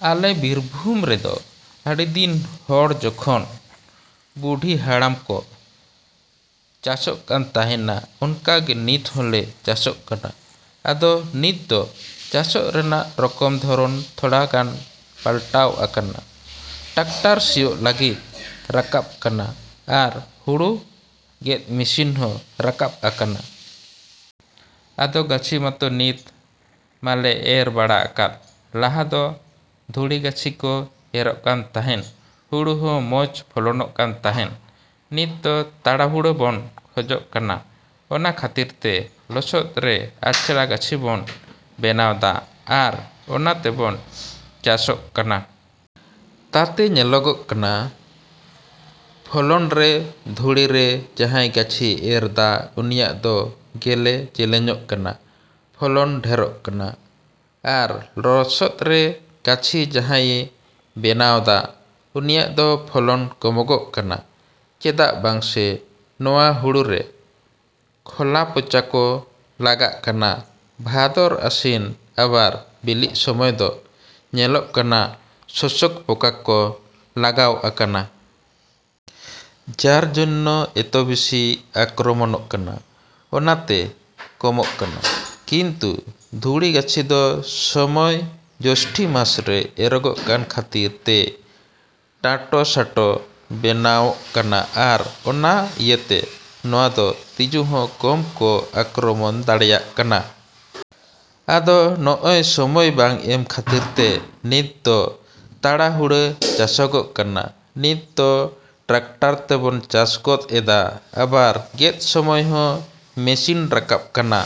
ᱟᱞᱮ ᱵᱤᱨᱵᱷᱩᱢ ᱨᱮᱫᱚ ᱟᱹᱰᱤ ᱫᱤᱱ ᱦᱚᱲ ᱡᱚᱠᱷᱚᱱ ᱵᱩᱰᱷᱤ ᱦᱟᱲᱟᱢ ᱠᱚ ᱪᱟᱥᱚᱜ ᱠᱟᱱ ᱛᱟᱦᱮᱸᱱᱟ, ᱚᱱᱠᱟ ᱜᱮ ᱱᱤᱛ ᱦᱚᱸᱞᱮ ᱪᱟᱥᱚᱜ ᱠᱟᱱᱟ᱾ ᱟᱫᱚ ᱱᱤᱛ ᱫᱚ ᱪᱟᱥᱚᱜ ᱨᱮᱱᱟᱜ ᱨᱚᱠᱚᱢ ᱫᱷᱚᱨᱚᱱ ᱛᱷᱚᱲᱟ ᱜᱟᱱ ᱯᱟᱞᱴᱟᱣ ᱟᱠᱟᱱᱟ᱾ ᱴᱨᱟᱠᱴᱟᱨ ᱥᱤᱭᱳᱜ ᱞᱟᱹᱜᱤᱫ ᱨᱟᱠᱟᱵ ᱠᱟᱱᱟ ᱟᱨ ᱦᱩᱲᱩ ᱜᱮᱫ ᱢᱮᱥᱤᱱ ᱦᱚᱸ ᱨᱟᱠᱟᱵ ᱟᱠᱟᱱᱟ᱾ ᱟᱫᱚ, ᱜᱟᱹᱪᱷᱤ ᱠᱚᱢᱟ ᱱᱤᱛ ᱢᱟᱞᱮ ᱮᱨ ᱵᱟᱲᱟ ᱟᱠᱟᱫ᱾ ᱞᱟᱦᱟ ᱫᱚ ᱫᱷᱩᱲᱤ ᱜᱟᱹᱪᱷᱤ ᱠᱚ ᱮᱨᱚᱜ ᱠᱟᱱ ᱛᱟᱦᱮᱸᱱ ᱦᱩᱲᱩ ᱦᱚᱸ ᱢᱚᱸᱡᱽ ᱯᱷᱚᱞᱚᱱᱚᱜ ᱠᱟᱱ ᱛᱟᱦᱮᱸᱱ᱾ ᱱᱤᱛ ᱫᱚ ᱛᱟᱲᱟᱦᱩᱲᱟᱹ ᱵᱚᱱ ᱠᱷᱚᱡᱽ ᱠᱟᱱᱟ, ᱚᱱᱟ ᱠᱷᱟᱹᱛᱤᱨ ᱛᱮ ᱞᱚᱥᱚᱫ ᱨᱮ ᱟᱪᱷᱲᱟ ᱜᱟᱹᱪᱷᱤ ᱵᱚᱱ ᱵᱮᱱᱟᱣᱫᱟ ᱟᱨ ᱚᱱᱟ ᱛᱮᱵᱚᱱ ᱪᱟᱥᱚᱜ ᱠᱟᱱᱟ᱾ ᱛᱟᱛᱮ ᱧᱮᱞᱚᱜᱚᱜ ᱠᱟᱱᱟ ᱯᱷᱚᱞᱚᱱ ᱨᱮ ᱫᱷᱩᱲᱤ ᱨᱮ ᱡᱟᱦᱟᱸᱭ ᱜᱟᱹᱪᱷᱤᱭ ᱮᱨᱫᱟ ᱩᱱᱤᱭᱟᱜ ᱫᱚ ᱜᱮᱞᱮ ᱡᱮᱞᱮᱧᱚᱜ ᱠᱟᱱᱟ, ᱯᱷᱚᱞᱚᱱ ᱰᱷᱮᱨᱚᱜ ᱠᱟᱱᱟ᱾ ᱟᱨ ᱞᱚᱥᱚᱫ ᱨᱮ ᱜᱟᱹᱪᱷᱤ ᱡᱟᱦᱟᱸᱭᱮ ᱵᱮᱱᱟᱣᱫᱟ ᱩᱱᱤᱭᱟᱜ ᱫᱚ ᱯᱷᱚᱞᱚᱱ ᱠᱚᱢᱚᱜᱚᱜ ᱠᱟᱱᱟ᱾ ᱪᱮᱫᱟᱜ ᱵᱟᱝᱥᱮ ᱱᱚᱣᱟ ᱦᱩᱲᱩ ᱨᱮ ᱠᱷᱚᱞᱟ ᱯᱚᱪᱟ ᱠᱚ ᱞᱟᱜᱟᱜ ᱠᱟᱱᱟ ᱵᱷᱟᱫᱚᱨ ᱟᱥᱤᱱ, ᱟᱵᱟᱨ ᱵᱤᱞᱤᱜ ᱥᱚᱢᱚᱭ ᱫᱚ ᱧᱮᱞᱚᱜ ᱠᱟᱱᱟ ᱥᱳᱥᱳᱠ ᱯᱚᱠᱟ ᱠᱚ ᱞᱟᱜᱟᱣ ᱟᱠᱟᱱᱟ᱾ ᱡᱟᱨ ᱡᱚᱱᱱᱚ ᱮᱛᱚᱵᱮᱹᱥᱤ ᱟᱠᱨᱚᱢᱚᱱᱚᱜ ᱠᱟᱱᱟ᱾ ᱚᱱᱟ ᱛᱮ ᱠᱚᱢᱚᱜ ᱠᱟᱱᱟ᱾ ᱠᱤᱱᱛᱩ ᱫᱷᱩᱲᱤ ᱜᱟᱹᱪᱷᱤ ᱫᱚ ᱥᱚᱢᱚᱭ ᱡᱳᱥᱴᱷᱤ ᱢᱟᱥ ᱨᱮ ᱮᱨᱚᱜᱚᱜ ᱠᱟᱱ ᱠᱷᱟᱹᱛᱤᱨ ᱛᱮ ᱰᱟᱸᱴᱚᱥᱟᱴᱚ ᱵᱮᱱᱟᱣᱚᱜ ᱠᱟᱱᱟ ᱟᱨ ᱚᱱᱟ ᱤᱭᱟᱹᱛᱮ ᱱᱚᱣᱟ ᱫᱚ ᱛᱤᱡᱩ ᱦᱚᱸ ᱠᱚᱢ ᱠᱚ ᱟᱠᱨᱚᱢᱚᱱ ᱫᱟᱲᱮᱭᱟᱜ ᱠᱟᱱᱟ᱾ ᱟᱫᱚ ᱱᱚᱜᱼᱚᱭ ᱥᱚᱢᱚᱭ ᱵᱟᱝ ᱮᱢ ᱠᱷᱟᱹᱛᱤᱨ ᱛᱮ ᱱᱤᱛ ᱫᱚ ᱛᱟᱲᱟᱦᱩᱲᱟ ᱪᱟᱥᱚᱜᱚᱜ ᱠᱟᱱᱟ᱾ ᱱᱤᱛ ᱫᱚ ᱴᱨᱟᱠᱴᱚᱨ ᱛᱮᱵᱚᱱ ᱪᱟᱥ ᱜᱚᱫ ᱮᱫᱟ᱾ ᱟᱵᱟᱨ ᱜᱮᱫ ᱥᱚᱢᱚᱭ ᱦᱚᱸ ᱢᱮᱹᱥᱤᱱ ᱨᱟᱠᱟᱵ ᱠᱟᱱᱟ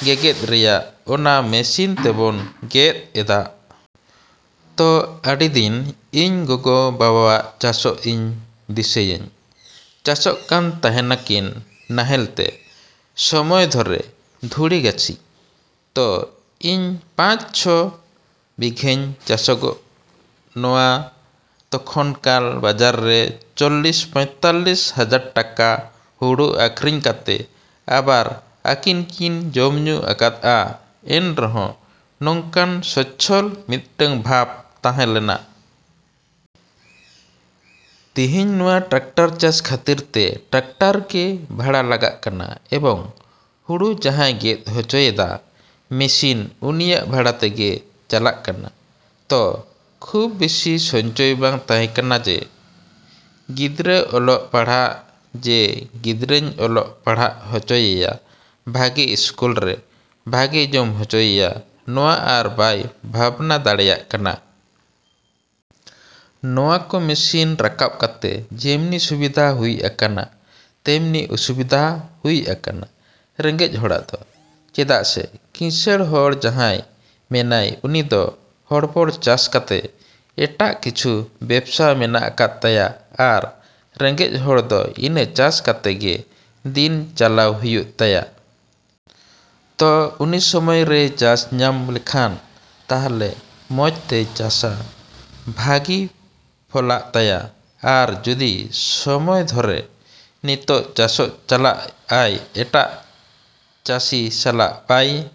ᱜᱮᱜᱮᱫ ᱨᱮᱭᱟᱜ, ᱚᱱᱟ ᱢᱮᱹᱥᱤᱱ ᱛᱮᱵᱚᱱ ᱜᱮᱫ ᱮᱫᱟ᱾ ᱛᱚ, ᱟᱹᱰᱤ ᱫᱤᱱ ᱤᱧ ᱜᱚᱜᱚᱼᱵᱟᱵᱟᱣᱟᱜ ᱪᱟᱥᱚᱜ ᱤᱧ ᱫᱤᱥᱟᱹᱭᱟᱹᱧ᱾ ᱪᱟᱥᱚᱜ ᱠᱟᱱ ᱛᱟᱦᱮᱸᱱᱟᱠᱤᱱ ᱱᱟᱦᱮᱞ ᱛᱮ ᱥᱚᱢᱚᱭ ᱫᱷᱚᱨᱮ ᱫᱷᱩᱲᱤ ᱜᱟᱹᱪᱷᱤ᱾ ᱛᱚ, ᱤᱧ ᱯᱟᱸᱪ, ᱪᱷᱚ ᱵᱤᱜᱷᱟᱹᱧ ᱪᱟᱥᱚᱜᱚᱜᱼᱟ ᱱᱚᱣᱟ ᱛᱚᱠᱷᱚᱱᱠᱟᱞ ᱵᱟᱡᱟᱨ ᱨᱮ ᱪᱚᱞᱞᱤᱥ ᱯᱚᱸᱭᱛᱟᱞᱞᱤᱥ ᱦᱟᱡᱟᱨ ᱴᱟᱠᱟ ᱦᱩᱲᱩ ᱟᱠᱷᱨᱤᱧ ᱠᱟᱛᱮ ᱟᱵᱟᱨ ᱟᱹᱠᱤᱱ ᱠᱤᱱ ᱡᱚᱢᱼᱧᱩ ᱟᱠᱟᱫᱼᱟ, ᱮᱱ ᱨᱮᱦᱚᱸ ᱱᱚᱝᱠᱟᱱ ᱥᱚᱪᱪᱷᱚᱞ ᱢᱤᱫᱴᱟᱝ ᱵᱷᱟᱵᱽ ᱛᱟᱦᱮᱸᱞᱮᱱᱟ᱾ ᱛᱤᱦᱤᱧ ᱱᱚᱣᱟ ᱴᱨᱟᱠᱴᱟᱨ ᱪᱟᱥ ᱠᱷᱟᱹᱛᱤᱨ ᱛᱮ ᱴᱨᱟᱠᱴᱟᱨ ᱜᱮ ᱵᱷᱟᱲᱟ ᱞᱟᱜᱟᱜ ᱠᱟᱱᱟ ᱮᱵᱚᱝ ᱦᱩᱲᱩ ᱡᱟᱦᱟᱸᱭ ᱜᱮᱫ ᱦᱚᱪᱚᱭᱮᱫᱟ ᱢᱮᱹᱥᱤᱱ ᱩᱱᱤᱭᱟᱜ ᱵᱷᱟᱲᱟ ᱛᱮᱜᱮ ᱪᱟᱞᱟᱜ ᱠᱟᱱᱟ᱾ ᱛᱚ, ᱠᱷᱩᱵᱽ ᱵᱮᱥᱤ ᱥᱚᱧᱪᱚᱭ ᱵᱟᱝ ᱛᱟᱦᱮᱸ ᱠᱟᱱᱟ ᱡᱮ, ᱜᱤᱫᱽᱨᱟᱹ ᱚᱞᱚᱜ ᱯᱟᱲᱦᱟᱜ, ᱡᱮ ᱜᱤᱫᱽᱨᱟᱹᱧ ᱚᱞᱚᱜ ᱯᱟᱲᱦᱟᱜ ᱦᱚᱪᱚᱭᱮᱭᱟ ᱵᱷᱟᱹᱜᱮ ᱤᱥᱠᱩᱞ ᱨᱮ, ᱵᱷᱟᱹᱜᱮ ᱡᱚᱢ ᱦᱚᱪᱚᱭᱮᱭᱟ ᱱᱚᱣᱟ ᱟᱨ ᱵᱟᱭ ᱵᱷᱟᱵᱽᱱᱟ ᱫᱟᱲᱮᱭᱟᱜ ᱠᱟᱱᱟ᱾ ᱱᱚᱣᱟ ᱠᱚ ᱢᱮᱹᱥᱤᱱ ᱨᱟᱠᱟᱵ ᱠᱟᱛᱮ ᱡᱮᱢᱱᱤ ᱥᱩᱵᱤᱫᱷᱟ ᱦᱩᱭ ᱟᱠᱟᱱᱟ ᱛᱮᱢᱱᱤ ᱚᱥᱩᱵᱤᱫᱷᱟ ᱦᱩᱭ ᱟᱠᱟᱱᱟ ᱨᱮᱸᱜᱮᱡ ᱦᱚᱲᱟᱜ ᱫᱚ᱾ ᱪᱮᱫᱟᱜ ᱥᱮ ᱠᱤᱸᱥᱟᱬ ᱦᱚᱲ ᱡᱟᱦᱟᱸᱭ ᱢᱮᱱᱟᱭ ᱩᱱᱤ ᱫᱚ ᱦᱚᱲᱵᱚᱲ ᱪᱟᱥ ᱠᱟᱛᱮ, ᱮᱴᱟᱜ ᱠᱤᱪᱷᱩ ᱵᱮᱵᱽᱥᱟ ᱢᱮᱱᱟᱜ ᱠᱟᱫ ᱛᱟᱭᱟ ᱟᱨ ᱨᱮᱸᱜᱮᱡ ᱦᱚᱲ ᱫᱚ ᱤᱱᱟᱹ ᱪᱟᱥ ᱠᱟᱛᱮ ᱜᱮ ᱫᱤᱱ ᱪᱟᱞᱟᱣ ᱦᱩᱭᱩᱜ ᱛᱟᱭᱟ᱾ ᱛᱚ ᱩᱱᱤ ᱥᱚᱢᱚᱭ ᱨᱮᱭ ᱪᱟᱥ ᱧᱟᱢ ᱞᱮᱠᱷᱟᱱ ᱛᱟᱦᱞᱮ ᱢᱚᱸᱡᱽ ᱛᱮᱭ ᱪᱟᱥᱟ᱾ ᱵᱷᱟᱹᱜᱤ ᱯᱷᱚᱞᱟᱜ ᱛᱟᱭᱟ᱾ ᱟᱨ ᱡᱩᱫᱤ ᱥᱚᱢᱚᱭ ᱫᱷᱚᱨᱮ ᱱᱤᱛᱳᱜ ᱪᱟᱥᱚᱜ ᱪᱟᱞᱟᱜ ᱟᱭ ᱮᱴᱟᱜ ᱪᱟᱥᱤ ᱥᱟᱞᱟᱜ ᱵᱟᱭᱼᱼ